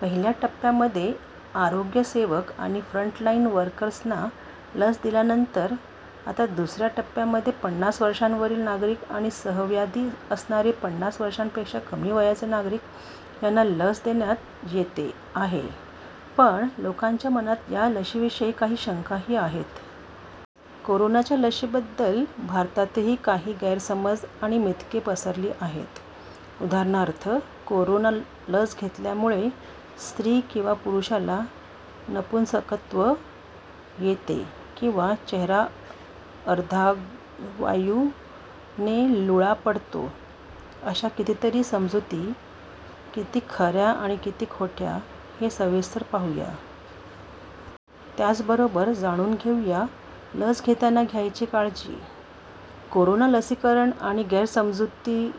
पहिल्या टप्प्यामध्ये आरोग्यसेवक आणि फ्रंटलाईन वर्कर्सना लस दिल्यानंतर आता दुसऱ्या टप्प्यामध्ये पन्नास वर्षांवरील नागरिक आणि सहव्याधी असणारे पन्नास वर्षांपेक्षा कमी वयाचे नागरिक यांना लस देण्यात येते आहे. पण लोकांच्या मनात या लशीविषयी काही शंकाही आहेत. कोरोनाच्या लशीबद्दल भारतातही काही गैरसमज आणि मिथके पसरली आहेत. उदाहरणार्थ, कोरोना लस घेतल्यामुळे स्त्री किंवा पुरुषाला नपुंसकत्व येते किंवा चेहरा अर्धांगवायूने लुळा पडतो, अशा कितीतरी समजुती किती खऱ्या आणि किती खोट्या हे सविस्तर पाहूया. त्याचबरोबर जाणून घेऊया लस घेताना घ्यायची काळजी. कोरोना लसीकरण आणि गैरसमजुती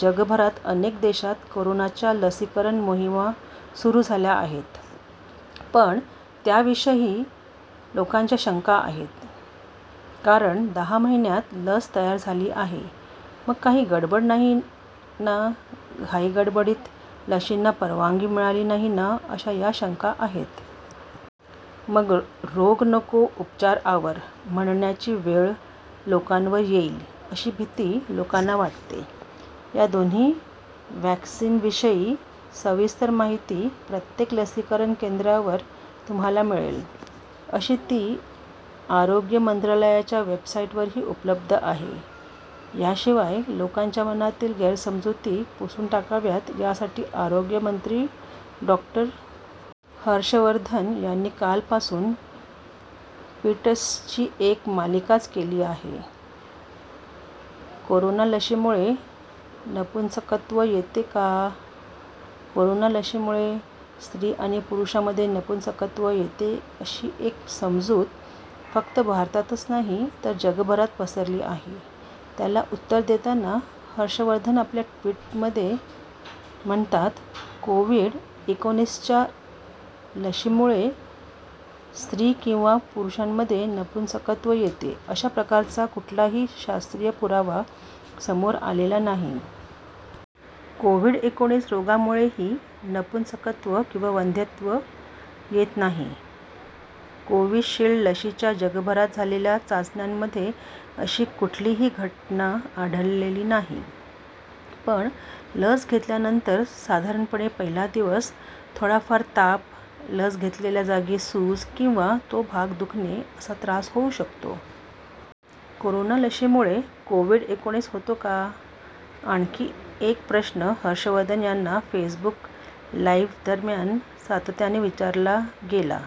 जगभरात अनेक देशांत कोरोनाच्या लसीकरण मोहिमा सुरू झाल्या आहेत. पण, त्याविषयीही लोकांच्या शंका आहेत. कारण, दहा महिन्यांत लस तयार झाली आहे. मग काही गडबड नाही ना, घाईगडबडीत लशींना परवानगी मिळाली नाही ना, अशा या शंका आहेत. मग 'रोग नको, उपचार आवर' म्हणण्याची वेळ लोकांवर येईल अशी भीती लोकांना वाटते. या दोन्ही व्हॅक्सिनविषयी सविस्तर माहिती प्रत्येक लसीकरण केंद्रावर तुम्हाला मिळेल. तशी ती आरोग्य मंत्रालयाच्या वेबसाईटवरही उपलब्ध आहे. याशिवाय लोकांच्या मनातील गैरसमजुती पुसून टाकाव्यात यासाठी आरोग्यमंत्री डॉ. हर्षवर्धन यांनी कालपासून ट्वीट्सची एक मालिकाच केली आहे. कोरोना लशीमुळे नपुंसकत्व येते का? कोरोना लशीमुळे स्त्री आणि पुरुषांमध्ये नपुंसकत्व येते अशी एक समजूत फक्त भारतातच नाही तर जगभरात पसरली आहे. त्याला उत्तर देताना, हर्षवर्धन आपल्या ट्वीटमध्ये म्हणतात, 'कोव्हिड एकोणीसच्या लशीमुळे स्त्री किंवा पुरुषांमध्ये नपुंसकत्व येते अशा प्रकारचा कुठलाही शास्त्रीय पुरावा समोर आलेला नाही. कोव्हिड एकोणीस रोगामुळेही नपुंसकत्व किंवा वंध्यत्व येत नाही.' कोविशिल्ड लशीच्या जगभरात झालेल्या चाचण्यांमध्ये अशी कुठलीही घटना आढळलेली नाही. पण, लस घेतल्यानंतर साधारणपणे पहिला दिवस थोडाफार ताप, लस घेतलेल्या जागी सूज किंवा तो भाग दुखणे असा त्रास होऊ शकतो. कोरोना लशीमुळे कोव्हिड एकोणीस होतो का? आणखी एक प्रश्न हर्षवर्धन यांना फेसबुक लाईव्हदरम्यान सातत्याने विचारला गेला.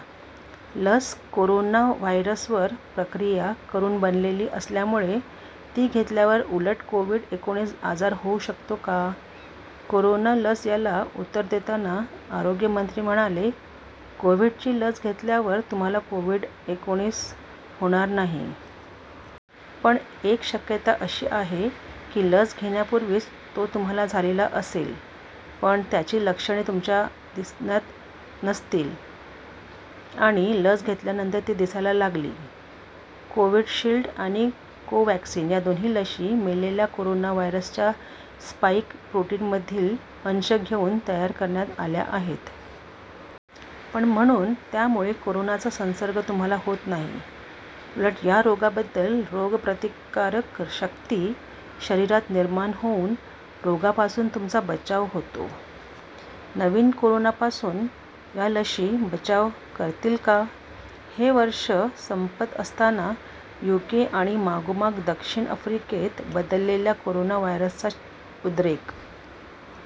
लस कोरोना व्हायरसवर प्रक्रिया करून बनलेली असल्यामुळे ती घेतल्यावर उलट कोव्हिड एकोणीस आजार होऊ शकतो का? कोरोना लस याला उत्तर देताना आरोग्यमंत्री म्हणाले, "कोव्हिडची लस घेतल्यावर तुम्हाला कोव्हिड एकोणीस होणार नाही. पण, एक शक्यता अशी आहे की, लस घेण्यापूर्वीच तो तुम्हाला झालेला असेल. पण, त्याची लक्षणे तुमच्यात दिसत नसतील आणि लस घेतल्यानंतर ती दिसायला लागली." कोविशिल्ड आणि कोवॅक्सिन या दोन्ही लशी मेलेल्या कोरोना व्हायरसच्या स्पाईक प्रोटीनमधील अंश घेऊन तयार करण्यात आल्या आहेत. पण, म्हणून त्यामुळे कोरोनाचा संसर्ग तुम्हाला होत नाही. उलट या रोगाबद्दल रोगप्रतिकारक शक्ती शरीरात निर्माण होऊन रोगापासून तुमचा बचाव होतो. नवीन कोरोनापासून या लशी बचाव करतील का? हे वर्ष संपत असताना युके आणि मागोमाग दक्षिण आफ्रिकेत बदललेल्या कोरोना व्हायरसचा उद्रेक